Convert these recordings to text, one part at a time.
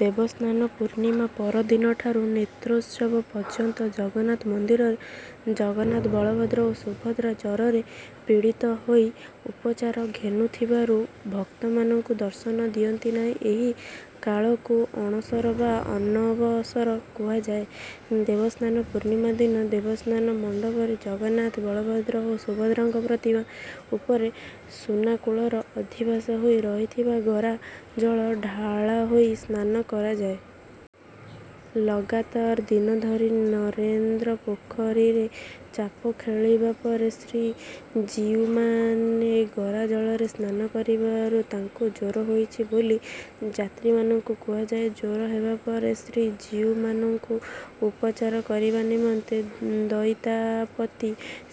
ଦେବସ୍ନାନ ପୂର୍ଣ୍ଣିମା ପରଦିନଠାରୁ ନେତ୍ରୋତ୍ସବ ପର୍ଯ୍ୟନ୍ତ ଜଗନ୍ନାଥ ମନ୍ଦିରରେ ଜଗନ୍ନାଥ, ବଳଭଦ୍ର ଓ ସୁଭଦ୍ରା ଜରରେ ପୀଡ଼ିତ ହୋଇ ଉପଚାର ଘେନୁଥିବାରୁ ଭକ୍ତମାନଙ୍କୁ ଦର୍ଶନ ଦିଅନ୍ତିନାହିଁ। ଏହି କାଳକୁ ଅଣସର ବା ଅନବସର କୁହାଯାଏ। ଦେବସ୍ନାନ ପୂର୍ଣ୍ଣିମା ଦିନ ଦେବସ୍ନାନ ମଣ୍ଡପରେ ଜଗନ୍ନାଥ, ବଳଭଦ୍ର, ଓ ସୁଭଦ୍ରାଙ୍କ ପ୍ରତିମା ଉପରେ ସୁନାକୂଅର ଅଧିବାସ ହୋଇ ରହିଥିବା ଗରା ଜଳ ଢଳାହୋଇ ସ୍ନାନ କରାଯାଏ। ଲଗାତର ଦିନ ଧରି ନରେନ୍ଦ୍ର ପୋଖରୀରେ ଚାପଖେଳିବା ପରେ ଶ୍ରୀଜୀଉମାନେ ଗରା ଜଳରେ ସ୍ନାନ କରିବାରୁ ତାଙ୍କୁ ଜ୍ୱର ହୋଇଛି ବୋଲି ଯାତ୍ରୀମାନଙ୍କୁ କୁହାଯାଏ। ଜ୍ୱର ହେବାପରେ ଶ୍ରୀଜୀଉମାନଙ୍କୁ ଉପଚାର କରିବା ନିମନ୍ତେ ଦଇତାପତି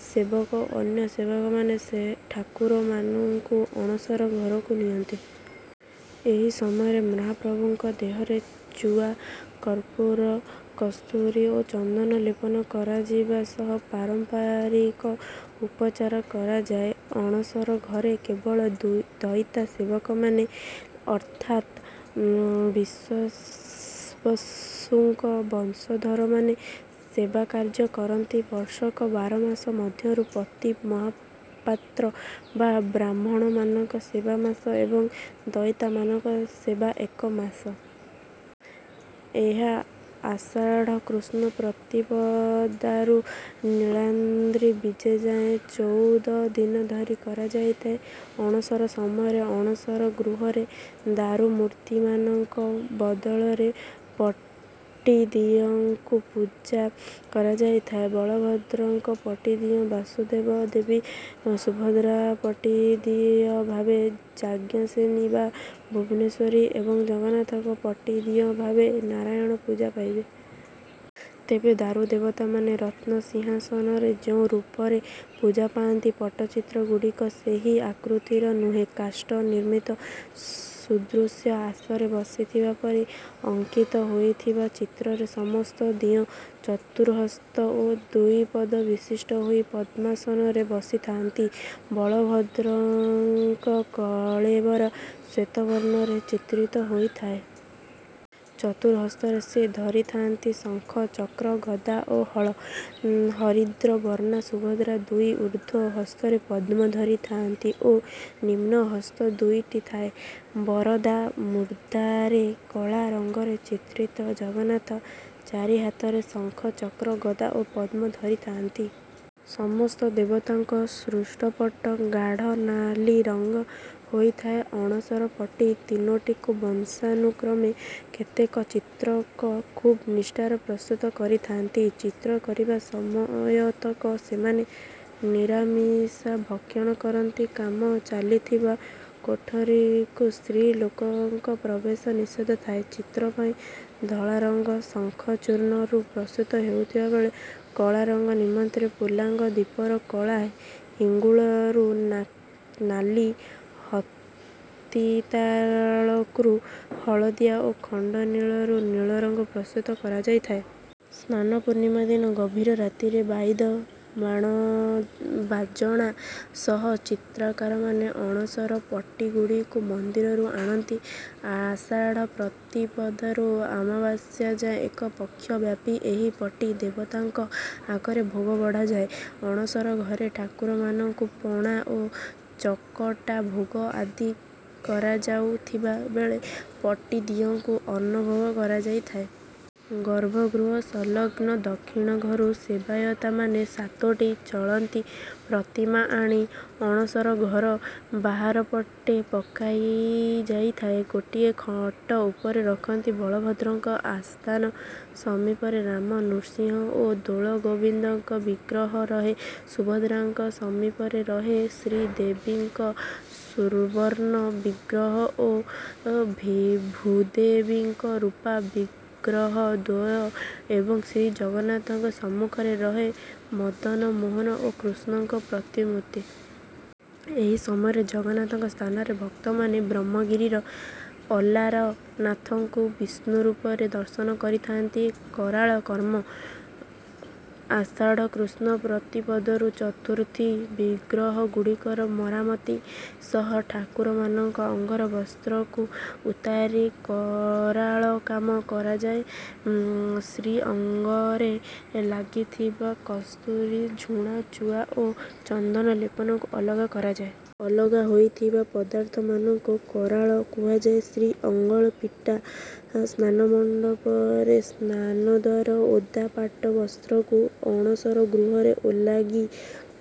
ସେବକ ଓ ଅନ୍ୟ ସେବକମାନେ ଠାକୁରମାନଙ୍କୁ ଅଣସର ଘରକୁ ନିଅନ୍ତି। ଏହି ସମୟରେ ମହାପ୍ରଭୁଙ୍କ ଦେହରେ ଚୁଆ, କର୍ପୁର, କସ୍ତୁରୀ ଓ ଚନ୍ଦନ ଲେପନ କରାଯିବା ସହ ପାରମ୍ପାରିକ ଉପଚାର କରାଯାଏ। ଅଣସର ଘରେ କେବଳ ଦଇତା ସେବକମାନେ ଅର୍ଥାତ ବିଶ୍ୱାବସୁଙ୍କ ବଂଶଧରମାନେ ସେବାକାର୍ଯ୍ୟ କରନ୍ତି। ବର୍ଷକ ବାର ମାସ ମଧ୍ୟରୁ ପତି ମହାପାତ୍ର ବା ବ୍ରାହ୍ମଣମାନଙ୍କ ସେବା ମାସ ଏବଂ ଦଇତାମାନଙ୍କ ସେବା ଏକ ମାସ। ଏହା ଆଷାଢ଼ କୃଷ୍ଣ ପ୍ରତିପଦାରୁ ନୀଳାଦ୍ରୀ ବିଜେ ଯାଏଁ ଚଉଦଦିନ ଧରି କରାଯାଇଥାଏ। ଅଣସର ସମୟରେ ଅଣସର ଗୃହରେ ଦାରୁ ମୂର୍ତ୍ତିମାନଙ୍କ ବଦଳରେ ପଟିଦିଅଁଙ୍କୁ ପୂଜା କରାଯାଇଥାଏ। ବଳଭଦ୍ରଙ୍କ ପଟିଦିଅଁ ବାସୁଦେବ, ଦେବୀ ସୁଭଦ୍ରାଙ୍କର ପଟିଦିଅଁ ଭାବେ ଯାଜ୍ଞସେନୀ ବା ଭୁବନେଶ୍ୱରୀ ଓ ଜଗନ୍ନାଥଙ୍କ ପଟିଦିଅଁ ଭାବେ ନାରାୟଣ ପୂଜା ପାଇବେ। ତେବେ ଦାରୁ ଦେବତାମାନେ ରତ୍ନ ସିଂହାସନରେ ଯେଉଁ ରୂପରେ ପୂଜା ପାଆନ୍ତି ପଟ୍ଟଚିତ୍ର ଗୁଡ଼ିକ ସେହି ଆକୃତିର ନୁହେଁ। କାଷ୍ଠ ନିର୍ମିତ ସୁଦୃଶ୍ୟ ଆସରେ ବସିଥିବା ପରି ଅଙ୍କିତ ହୋଇଥିବା ଚିତ୍ରରେ ସମସ୍ତ ଦିଅଁ ଚତୁଃହସ୍ତ ଓ ଦୁଇପଦ ବିଶିଷ୍ଟ ହୋଇ ପଦ୍ମାସନରେ ବସିଥାଆନ୍ତି। ବଳଭଦ୍ରଙ୍କ କଳେବର ଶ୍ୱେତବର୍ଣ୍ଣରେ ଚିତ୍ରିତ ହେଇଥାଏ। ଚତୁଃହସ୍ତରେ ସେ ଧରିଥାଆନ୍ତି ଶଙ୍ଖ, ଚକ୍ର, ଗଦା ଓ ହଳ। ହରିଦ୍ର ବର୍ଣ୍ଣା ସୁଭଦ୍ରା ଦୁଇ ଉର୍ଦ୍ଧ୍ୱ ହସ୍ତରେ ପଦ୍ମ ଧରିଥାଆନ୍ତି ଓ ନିମ୍ନ ହସ୍ତ ଦୁଇଟି ଥାଏ ବରଦା ମୁଦ୍ରାରେ। କଳା ରଙ୍ଗରେ ଚିତ୍ରିତ ଜଗନ୍ନାଥ ଚାରିହାତରେ ଶଙ୍ଖ, ଚକ୍ର, ଗଦା ଓ ପଦ୍ମ ଧରିଥାଆନ୍ତି। ସମସ୍ତ ଦେବତାଙ୍କ ପୃଷ୍ଠପଟ୍ଟ ଗାଢ଼ନାଲି ରଙ୍ଗ ହେଇଥାଏ। ଅଣସର ପଟି ତିନୋଟିକୁ ବଂଶାନୁକ୍ରମେ କେତେକ ଚିତ୍ରକର ଖୁବ ନିଷ୍ଠାରେ ପ୍ରସ୍ତୁତ କରିଥାଆନ୍ତି। ଚିତ୍ର କରିବା ସମୟତକ ସେମାନେ ନିରାମିଷା ଭକ୍ଷଣ କରନ୍ତି। କାମ ଚାଲିଥିବା କୋଠରୀକୁ ସ୍ତ୍ରୀ ଲୋକଙ୍କ ପ୍ରବେଶ ନିଷେଧ ଥାଏ। ଚିତ୍ର ପାଇଁ ଧଳାରଙ୍ଗ ଶଙ୍ଖଚୂର୍ଣ୍ଣ ରୁ ପ୍ରସ୍ତୁତ ହେଉଥିବା ବେଳେ, କଳାରଙ୍ଗ ନିମନ୍ତେ ପୋଲାଙ୍ଗ ଦୀପର କଳା, ହିଙ୍ଗୁଳରୁ ନାଲି, ହରିତାଳରୁ ହଳଦିଆ ଓ ଖଣ୍ଡନୀଳରୁ ନୀଳ ରଙ୍ଗ ପ୍ରସ୍ତୁତ କରାଯାଇଥାଏ। ସ୍ନାନ ପୂର୍ଣ୍ଣିମା ଦିନ ଗଭୀର ରାତିରେ, ବାଇଦ ବାଜଣା ସହ ଚିତ୍ରକାରମାନେ ଅଣସର ପଟ୍ଟିଗୁଡ଼ିକୁ ମନ୍ଦିରକୁ ଆଣନ୍ତି। ଆଷାଢ଼ ପ୍ରତିପଦାରୁ ଅମାବାସ୍ୟା ଯାଏଁ ଏକ ପକ୍ଷ ବ୍ୟାପି ଏହି ପଟି ଦେବତାଙ୍କ ଆଗରେ ଭୋଗ ବଢ଼ାଯାଏ। ଅଣସର ଘରେ ଠାକୁରମାନଙ୍କୁ ପଣା ଓ ଚକଟା ଭୋଗ ଆଦି କରାଯାଉଥିବା ବେଳେ ପଟିଦିଅଁଙ୍କୁ ଅନ୍ନଭୋଗ କରାଯାଇଥାଏ। ଗର୍ଭଗୃହ ସଂଲଗ୍ନ ଦକ୍ଷିଣ ଘରୁ ସେବାୟତମାନେ ସାତଗୋଟି ଚଳନ୍ତି ପ୍ରତିମା ଆଣି ଅଣସର ଘର ବାହାରପଟେ ପକାଯାଇଥିବା ଗୋଟିଏ ଖଟ ଉପରେ ରଖନ୍ତି। ବଳଭଦ୍ରଙ୍କ ଆସ୍ଥାନ ସମୀପରେ ରାମ, ନୃସିଂହ ଓ ଦୋଳଗୋବିନ୍ଦଙ୍କ ବିଗ୍ରହ ରହେ, ସୁଭଦ୍ରାଙ୍କ ସମୀପରେ ରହେ ଶ୍ରୀଦେବୀ ଙ୍କ ସୁବର୍ଣ୍ଣ ବିଗ୍ରହ ଓ ଭୂଦେବୀ ଙ୍କ ରୂପା ବିଗ୍ରହ ଦ୍ୱୟ ଏବଂ ଶ୍ରୀଜଗନ୍ନାଥଙ୍କ ସମ୍ମୁଖରେ ରହେ ମଦନମୋହନ ଓ କୃଷ୍ଣଙ୍କ ପ୍ରତିମୂର୍ତ୍ତି। ଏହି ସମୟରେ ଜଗନ୍ନାଥଙ୍କ ସ୍ଥାନରେ ଭକ୍ତମାନେ ବ୍ରହ୍ମଗିରିର ଅଲାରନାଥଙ୍କୁ ବିଷ୍ଣୁରୂପରେ ଦର୍ଶନ କରିଥାନ୍ତି। କରାଳ କର୍ମ: ଆଷାଢ଼ କୃଷ୍ଣ ପ୍ରତିପଦରୁ ଚତୁର୍ଥୀ: ବିଗ୍ରହ ଗୁଡିକର ମରାମତି ସହ ଠାକୁରମାନଙ୍କର ଅଙ୍ଗର ବସ୍ତ୍ରକୁ ଉତାରି କରାଳକାମ କରାଯାଏ। ଶ୍ରୀଅଙ୍ଗରେ ଲାଗିଥିବା କସ୍ତୁରୀ, ଝୁଣା, ଚୁଆ, ଓ ଚନ୍ଦନ ଲେପକୁ ଅଲଗା କରାଯାଏ। ଅଲଗା ହୋଇଥିବା ପଦାର୍ଥମାନଙ୍କୁ "କରାଳ" କୁହାଯାଏ। ଶ୍ରୀଅଙ୍ଗ ଫିଟା: ସ୍ନାନମଣ୍ଡପରେ ସ୍ନାନଦ୍ୱାରା ଓଦା ପାଟ ବସ୍ତ୍ରକୁ ଅଣସର ଗୃହରେ ଓଲାଗି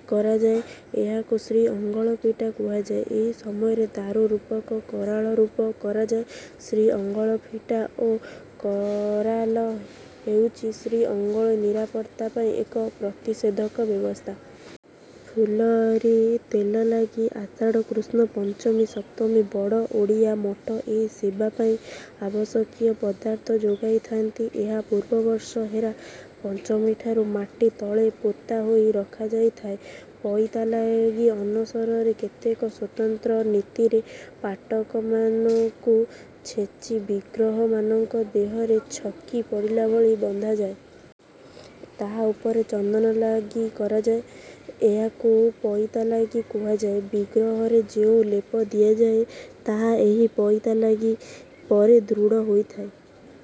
କରାଯାଏ। ଏହାକୁ ଶ୍ରୀଅଙ୍ଗ ଫିଟା କୁହାଯାଏ। ଏହି ସମୟରେ ଦାରୁ ରୂପକୁ କରାଳ ରୂପ କରାଯାଏ। ଶ୍ରୀଅଙ୍ଗ ଫିଟା ଓ କରାଲ ହେଉଛି ଶ୍ରୀଅଙ୍ଗ ନିରାପତ୍ତା ପାଇଁ ଏକ ପ୍ରତିଷେଧକ ବ୍ୟବସ୍ଥା। ଫୁଲରି ତେଲ ଲାଗି: ଆଷାଢ଼ କୃଷ୍ଣ ପଞ୍ଚମୀରୁ ସପ୍ତମୀ: ବଡ଼ ଓଡ଼ିଆ ମଠ ଏହି ସେବା ପାଇଁ ଆବଶ୍ୟକୀୟ ପଦାର୍ଥ ଯୋଗାଇଥାଆନ୍ତି। ଏହା ପୂର୍ବ ବର୍ଷ ହେରା ପଞ୍ଚମୀଠାରୁ ମାଟି ତଳେ ପୋତା ହୋଇ ରଖାଯାଇଥାଏ। ପଇତା ଲାଗି: ଅନସରରେ କେତେକ ସ୍ୱତନ୍ତ୍ର ନୀତିରେ ପାଟକନାକୁ ଛେଚି ବିଗ୍ରହମାନଙ୍କ ଦେହରେ ଛକି ପଡିଲା ଭଳି ବନ୍ଧାଯାଏ। ତାହା ଉପରେ ଚନ୍ଦନ ଲାଗି କରାଯାଏ। ଏହାକୁ ପଇତା ଲାଗି କୁହାଯାଏ। ବିଗ୍ରହରେ ଯେଉଁ ଲେପ ଦିଆଯାଏ ତାହା ଏହି ପଇତା ଲାଗି ପରେ ଦୃଢ଼ ହୋଇଥାଏ।